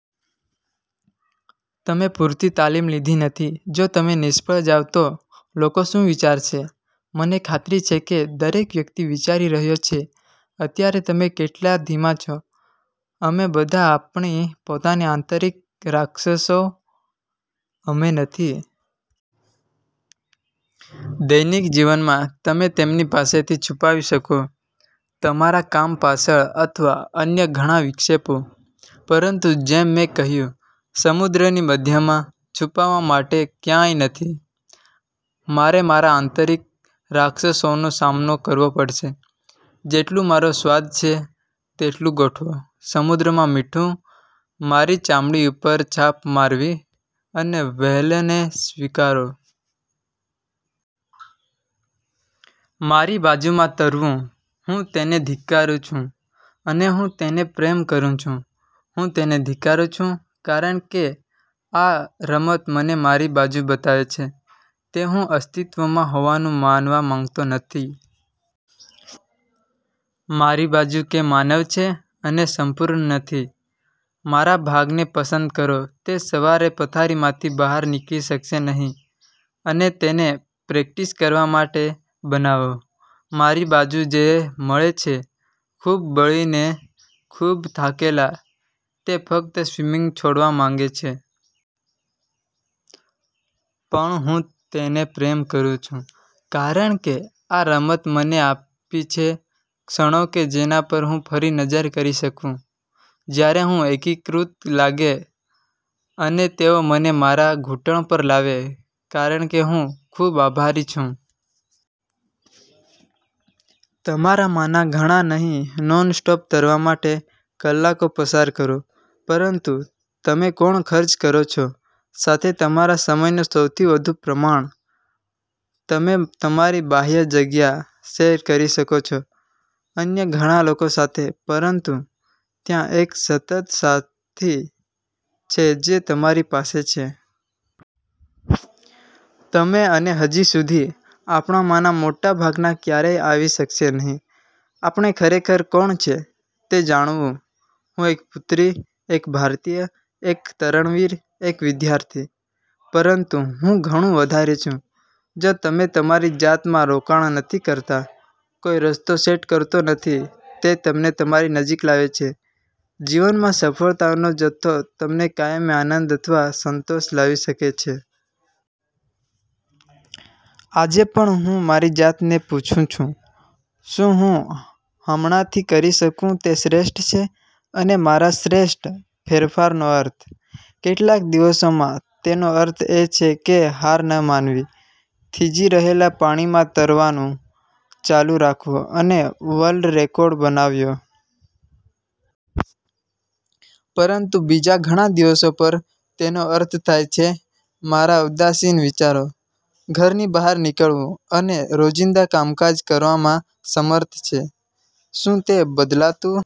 તમે પૂરતી તાલીમ લીધી નથી. જો તમે નિષ્ફળ જાવ તો? લોકો શું વિચારશે? મને ખાતરી છે કે દરેક વ્યક્તિ વિચારી રહ્યો છે અત્યારે તમે કેટલા ધીમા છો. " અમે બધા આપણી પોતાની આંતરિક રાક્ષસો, અમે નથી? દૈનિક જીવનમાં, તમે તેમની પાસેથી છુપાવી શકો, તમારા કામ પાછળ અથવા અન્ય ઘણા વિક્ષેપો. પરંતુ જેમ મેં કહ્યું, સમુદ્રની મધ્યમાં, છુપાવવા માટે ક્યાંય નથી. મારે મારા આંતરિક રાક્ષસોનો સામનો કરવો પડશે, જેટલું મારો સ્વાદ છે તેટલું ગોઠવો સમુદ્રમાં મીઠું, મારી ચામડી ઉપર છાપ મારવી, અને વ્હેલને સ્વીકારો. મારી બાજુમાં તરવું. હું તેને ધિક્કારું છું, અને હું તેને પ્રેમ કરું છું. હું તેને ધિક્કારું છું કારણ કે આ રમત મને મારી બાજુ બતાવે છે, તે હું અસ્તિત્વમાં હોવાનું માનવા માંગતો નથી. મારી બાજુ કે માનવ છે અને સંપૂર્ણ નથી. મારા ભાગને પસંદ કરો તે સવારે પથારીમાંથી બહાર નીકળી શકશે નહીં અને તેને પ્રેક્ટિસ કરવા માટે બનાવો. મારી બાજુ જે મળે છે ખૂબ બળીને, ખૂબ થાકેલા, તે ફક્ત સ્વિમિંગ છોડવા માંગે છે. પણ હું તેને પ્રેમ કરું છું, કારણ કે આ રમત મને આપી છે ક્ષણો કે જેના પર હું ફરી નજર કરી શકું જ્યારે હું એકીકૃત લાગે અને તેઓ મને મારા ઘૂંટણ પર લાવે, કારણ કે હું ખૂબ આભારી છું. તમારામાંના ઘણા નહીં નોન સ્ટોપ તરવા માટે કલાકો પસાર કરો. પરંતુ તમે કોણ ખર્ચ કરો છો સાથે તમારા સમયનો સૌથી વધુ પ્રમાણ? તમે તમારી બાહ્ય જગ્યા શેર કરી શકો છો અન્ય ઘણા લોકો સાથે, પરંતુ ત્યાં એક સતત સાથી છે જે તમારી પાસે છે. તમે અને હજી સુધી, આપણામાંના મોટા ભાગના ક્યારેય આવી શકશે નહીં. આપણે ખરેખર કોણ છે તે જાણવું. હું એક પુત્રી, એક ભારતીય, એક તરણવીર, એક વિદ્યાર્થી. પરંતુ હું ઘણું વધારે છું. જો તમે તમારી જાતમાં રોકાણ નથી કરતા, કોઈ રસ્તો સેટ કરતો નથી તે તમને તમારી નજીક લાવે છે, જીવનમાં સફળતા નો જથ્થો તમને કાયમી આનંદ અથવા સંતોષ લાવી શકે છે. આજે પણ, હું મારી જાતને પૂછું છું, "શું હું હમણાંથી કરી શકું તે શ્રેષ્ઠ છે? " અને મારા "શ્રેષ્ઠ" ફેરફારોનો અર્થ. કેટલાક દિવસોમાં, તેનો અર્થ એ છે કે હાર ન માનવી, થીજી રહેલા પાણીમાં તરવાનું ચાલુ રાખવું અને વર્લ્ડ રેકોર્ડ બનાવ્યો. પરંતુ બીજા ઘણા દિવસો પર, તેનો અર્થ થાય છે મારા ઉદાસીન વિચારો, ઘરની બહાર નીકળવું અને રોજિંદા કામકાજ કરવામાં સમર્થ છે. શું તે બદલાતું